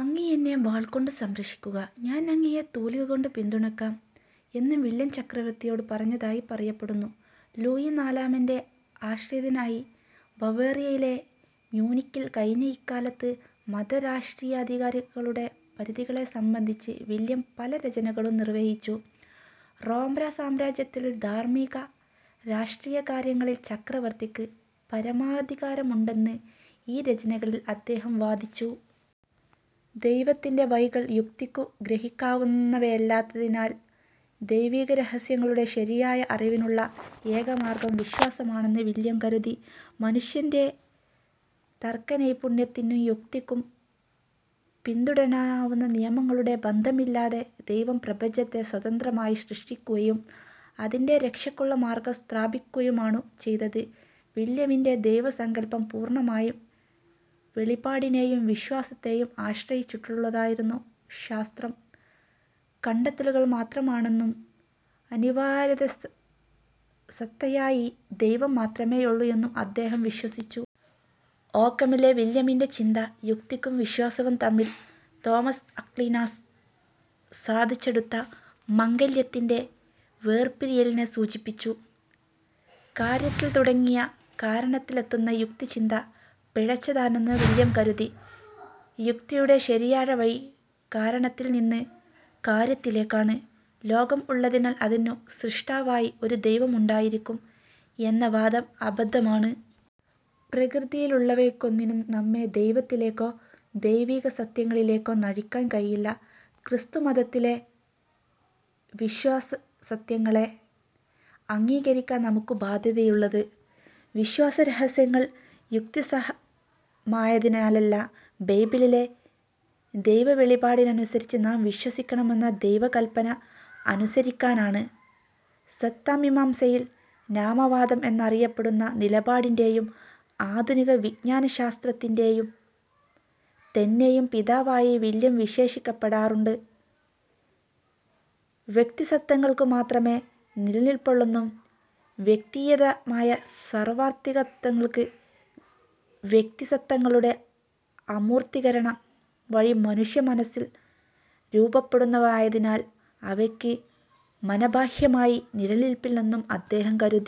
"അങ്ങ് എന്നെ വാൾ കൊണ്ടു സരക്ഷിക്കുക; ഞാൻ അങ്ങയെ തൂലിക കൊണ്ടു പിന്തുണയ്ക്കാം" എന്നു വില്യം ചക്രവർത്തിയോടു പറഞ്ഞതായി പറയപ്പെടുന്നു. ലൂയി നാലമന്റെ ആശ്രിയതനായി ബവേറിയയിലെ മ്യൂനിക്കിൽ കഴിഞ്ഞ ഇക്കാലത്ത് മത-രാഷ്ട്രീയാധികാരങ്ങളുടെ പരിധികളെ സംബന്ധിച്ച് വില്യം പല രചനകളും നിർവഹിച്ചു. റോമാസാമ്രാജ്യത്തിൽ ധാർമ്മിക-രാഷ്ട്രീയകാര്യങ്ങളിൽ ചക്രവർത്തിക്ക് പരമാധികാരമുണ്ടെന്ന് ഈ രചനകളിൽ അദ്ദേഹം വാദിച്ചു. ദൈവത്തിന്റെ വഴികൾ യുക്തിക്കു ഗ്രഹിക്കാനാവുന്നവയല്ലാത്തതിനാൽ ദൈവികരഹസ്യങ്ങളുടെ ശരിയായ അറിവിനുള്ള ഏകമാർഗ്ഗം വിശ്വാസമാണെന്ന് വില്യം കരുതി. മനുഷ്യന്റെ തർക്കനൈപുണ്യത്തിനും യുക്തിക്കും പിന്തുടരാവുന്ന നിയമങ്ങളുടെ ബന്ധനമില്ലാതെ ദൈവം പ്രപഞ്ചത്തെ സ്വതന്ത്രമായി സൃഷ്ടിക്കുകയും അതിൽ രക്ഷക്കുള്ള മാർഗ്ഗം സ്ഥാപിക്കുകയുമാണു ചെയ്തത്. വില്യമിന്റെ ദൈവസങ്കല്പം പൂർണ്ണമായും വെളിപാടിനേയും വിശ്വാസത്തേയും ആശ്രയിച്ചുള്ളതായിരുന്നു. ശാസ്ത്രം, കണ്ടെത്തലുകൾ മാത്രമാണെന്നും അനിവാര്യതസത്തയായി ദൈവം മാത്രമേയുള്ളു എന്നും അദ്ദേഹം വിശ്വസിച്ചു. ഓക്കമിലെ വില്യമിന്റെ ചിന്ത, യുക്തിയും വിശ്വാസവും തമ്മിൽ തോമസ് അക്വീനാസ് സാധിച്ചെടുത്ത 'മംഗല്യ'-ത്തിന്റെ വേർപിരിയലിനെ സൂചിപ്പിച്ചു. കാര്യത്തിൽ തുടങ്ങി കാരണത്തിലെത്തുന്ന യുക്തിചിന്ത പിഴച്ചതാണെന്നു വില്യം കരുതി. യുക്തിയുടെ ശരിയായ വഴി കാരണത്തിൽ നിന്ന് കാര്യത്തിലേക്കാണ്. ലോകം ഉള്ളതിനാൽ അതിനു സ്രഷ്ടാവായി ഒരു ദൈവം ഉണ്ടായിരിക്കും എന്ന വാദം അബദ്ധമാണ്. പ്രകൃതിയിലുള്ളവയ്ക്കൊന്നിനും നമ്മെ ദൈവത്തിലേക്കോ ദൈവികസത്യങ്ങളിലേക്കോ നയിക്കാൻ കഴിവില്ല. ക്രിസ്തുമതത്തിലെ വിശ്വാസസത്യങ്ങളെ അംഗീകരിക്കാൻ നമുക്കു ബാദ്ധ്യതയുള്ളത്, വിശ്വാസരഹസ്യങ്ങൾ യുക്തിസഹമായതിനാലല്ല, ബൈബിളിലെ ദൈവവെളിപാടിനനുസരിച്ച് നാം വിശ്വസിക്കണമെന്ന ദൈവകല്പന അനുസരിക്കാനാണ്. സത്താമീമാംസയിൽ നാമവാദം എന്നറിയപ്പെടുന്ന നിലപാടിന്റേയും ആധുനിക വിജ്ഞാനശാസ്ത്രത്തിന്റെ തന്നെയും പിതാവായി വില്യം വിശേഷിപ്പിക്കപ്പെടാറുണ്ട്. വ്യക്തിസത്തകൾക്കു മാത്രമേ നിലനില്പുള്ളെന്നും വ്യക്ത്യതീതമായ സാർവത്രികസത്തകൾ വ്യക്തിസത്തകളുടെ അമൂർത്തീകരണം വഴി മനുഷ്യമനസ്സിൽ രൂപപ്പെടുന്നവയായതിനാൽ അവയ്ക്ക് മനഃബാഹ്യമായി നിലനില്പില്ലെന്നും അദ്ദേഹം കരുതി.